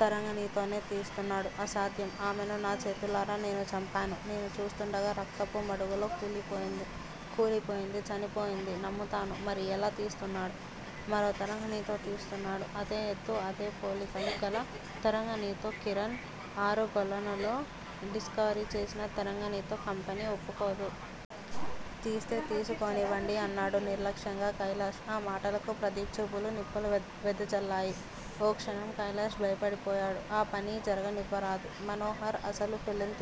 తరంగణితోనే తీస్తున్నాడు. అసాధ్యం ఆమెను నా చేతులారా నేను చంపాను. నేను చూస్తుండగా రక్తపు మడుగులో కూలిపోయింది. కూలిపోయింది, చనిపోయింది, నమ్ముతాను మరి ఎలా తీస్తున్నాడు? మరో తరంగణితో తీస్తున్నాడు. అదే ఎత్తు అదే పోలికలు గల తరంగణితో, కిరణ్ ఆరుగొలనులో డిస్కవరీ చేసిన తరంగణితో కంపెనీ ఒప్పుకోదు. తీస్తే తీసుకోనివ్వండి అన్నాడు నిర్లక్ష్యంగా కైలాష్. ఆ మాటలకు ప్రదీప్ చూపులు నిప్పులు వెదజల్లాయి. ఓ క్షణం కైలాష్ భయపడిపోయాడు. ఆ పని జరుగనివ్వరాదు. మనోహర్ అసలు ఫిల్మ్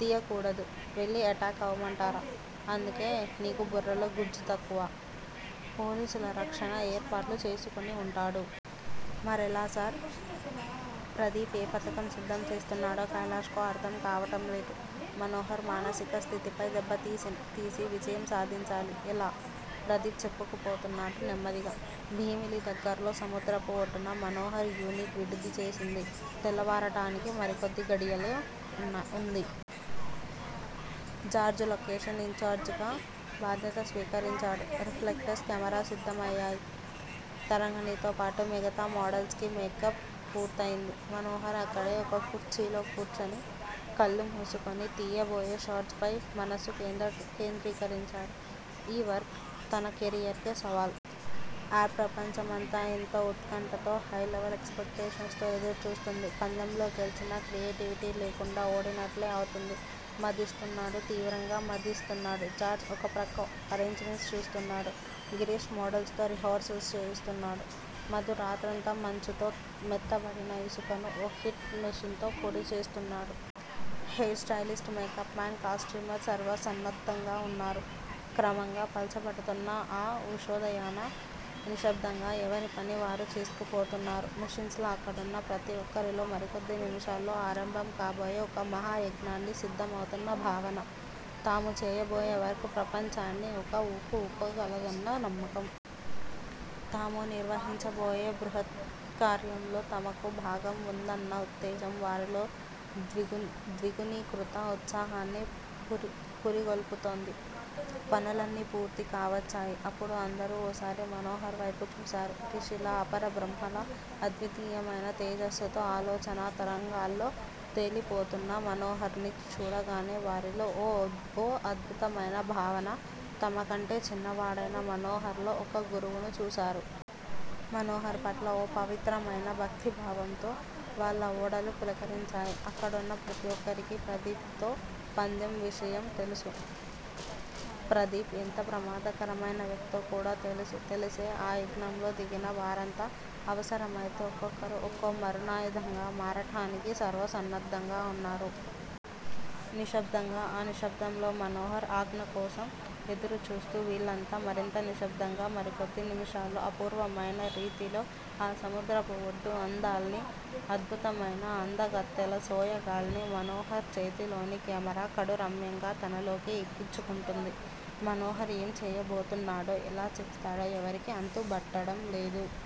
తీయకూడదు. వెళ్ళి ఎటాక్ అవ్వమంటారా? అందుకే నీకు బుర్రలో గుజ్జు తక్కువ. పోలీసుల రక్షణ ఏర్పాట్లు చేసుకొని వుంటాడు. మరెలా సార్? ప్రదీప్ ఏ పథకం సిద్దం చేస్తున్నాడో కైలాష్ కు అర్ధం కావటం లేదు. మనోహర్ మానసిక స్థితిపై దెబ్బతీసి విజయం సాధించాలి. ఎలా? ప్రదీప్ చెప్పుకుపోతున్నాడు నెమ్మదిగా. భీమిలి దగ్గరలో సముద్రపు ఒడ్డున మనోహర్ యూనిట్ విడిది చేసింది. తెల్లవారటానికి మరికొద్ది ఘడియలే వుంది. జార్జ్ లొకేషన్ ఇన్ చార్జిగా బాధ్యత స్వీకరించాడు. రిఫ్లెక్టర్స్, కెమేరా సిద్దం అయ్యాయి. తరంగణితో పాటు మిగతా మోడల్స్ కి మేకప్ పూర్తయింది. మనోహర్ అక్కడే ఒక కుర్చీలో కూర్చుని కళ్ళు మూసుకొని తీయబోయే షాట్స్ పై మనస్సు కేంద్రీకరించాడు. ఈ వర్క్ తన కేరియర్ కే సవాల్. యాడ్ ప్రపంచం అంతా ఎంతో ఉత్కంఠతో, హై లెవెల్ ఎక్స్ పెక్టేషన్స్ తో ఎదురుచూస్తోంది. పందెంలో గెల్చినా క్రియేటివిటీ లేకుండా ఓడినట్లే అవుతుంది. మధిస్తున్నాడు తీవ్రంగా మధిస్తున్నాడు. జార్జ్ ఒక ప్రక్క అరేంజ్ మెంట్స్ చూస్తున్నాడు. గిరీష్ మోడల్స్ తో రిహార్సల్స్ చేయిస్తున్నాడు. మధు రాత్రంతా మంచుతో మెత్తబడిన ఇసుకను ఓ హీట్ మెషిన్ తో పొడి చేస్తున్నాడు. Hair stylist, makeup man, costumer సర్వసన్నద్దంగా ఉన్నారు. క్రమంగా పల్చబడుతున్న ఆ ఉషోదయాన నిశ్శబ్ధంగా ఎవరిపని వారు చేసుకుపోతున్నారు మెషిన్స్ లా అక్కడున్న ప్రతి ఒక్కరిలో మరికొద్ది నిముషాల్లో ఆరంభం కాబోయే ఒక మహాయజ్ఞానికి సిద్దమవుతున్న భావన. తాము చేయబోయే వర్క్ ప్రపంచాన్ని ఒక ఊపు ఊపగలదన్న నమ్మకం. తాము నిర్వహించబోయే బృహత్కార్యంలో తమకు భాగం ఉందన్న ఉత్తేజం వారిలో ద్విగుణీకృత ఉత్సాహాన్ని పురిగొల్పుతోంది. పనులన్నీ పూర్తి కావచ్చాయి. అప్పుడు అందరూ ఓసారి మనోహర్ వైపు చూశారు. ఋషిలా, అపరబ్రహ్మలా, అద్వితీయమైన తేజస్సుతో ఆలోచనా తరంగాల్లో తేలిపోతున్న మనోహర్ ని చూడగానే వారిలో ఓ అద్భుతమైన భావన-తమ కంటే చిన్నవాడైన మనోహర్ లో ఒక గురువును చూశారు. మనోహర్ పట్ల ఓ పవిత్రమైన భక్తిభావంతో వాళ్ళ ఒడలు పులకరించాయి. అక్కడున్న ప్రతి ఒక్కరికి ప్రదీప్ తో పందెం విషయం తెలుసు__ప్రదీప్ ఎంత ప్రమాదకరమైన వ్యక్తో కూడా తెలుసు. తెలిసే ఆ యజ్ఞంలో దిగిన వారంతా అవసరం అయితే ఒక్కొక్కరు ఒక్కో మారణాయుధంగా మారటానికి సర్వసన్నద్దంగా వున్నారు. నిశ్శబ్దంగా ఆ నిశ్శబ్దంలో మనోహర్ ఆజ్ఞకోసం ఎదురు చూస్తూ వీళ్ళంతా మరింత నిశ్శబ్దంగా. మరికొద్ది నిముషాల్లో అపూర్వమైన రీతిలో ఆ సముద్రపు ఒడ్డు అందాల్ని, అద్భుతమైన అందగత్తెల సోయగాల్ని మనోహర్ చేతిలోని కెమేరా కడు రమ్యంగా తనలోకి ఎక్కించుకుంటుంది. మనోహర్ ఏం చేయబోతున్నాడో ఎలా చేస్తాడో ఎవరికీ అంతుబట్టడంలేదు.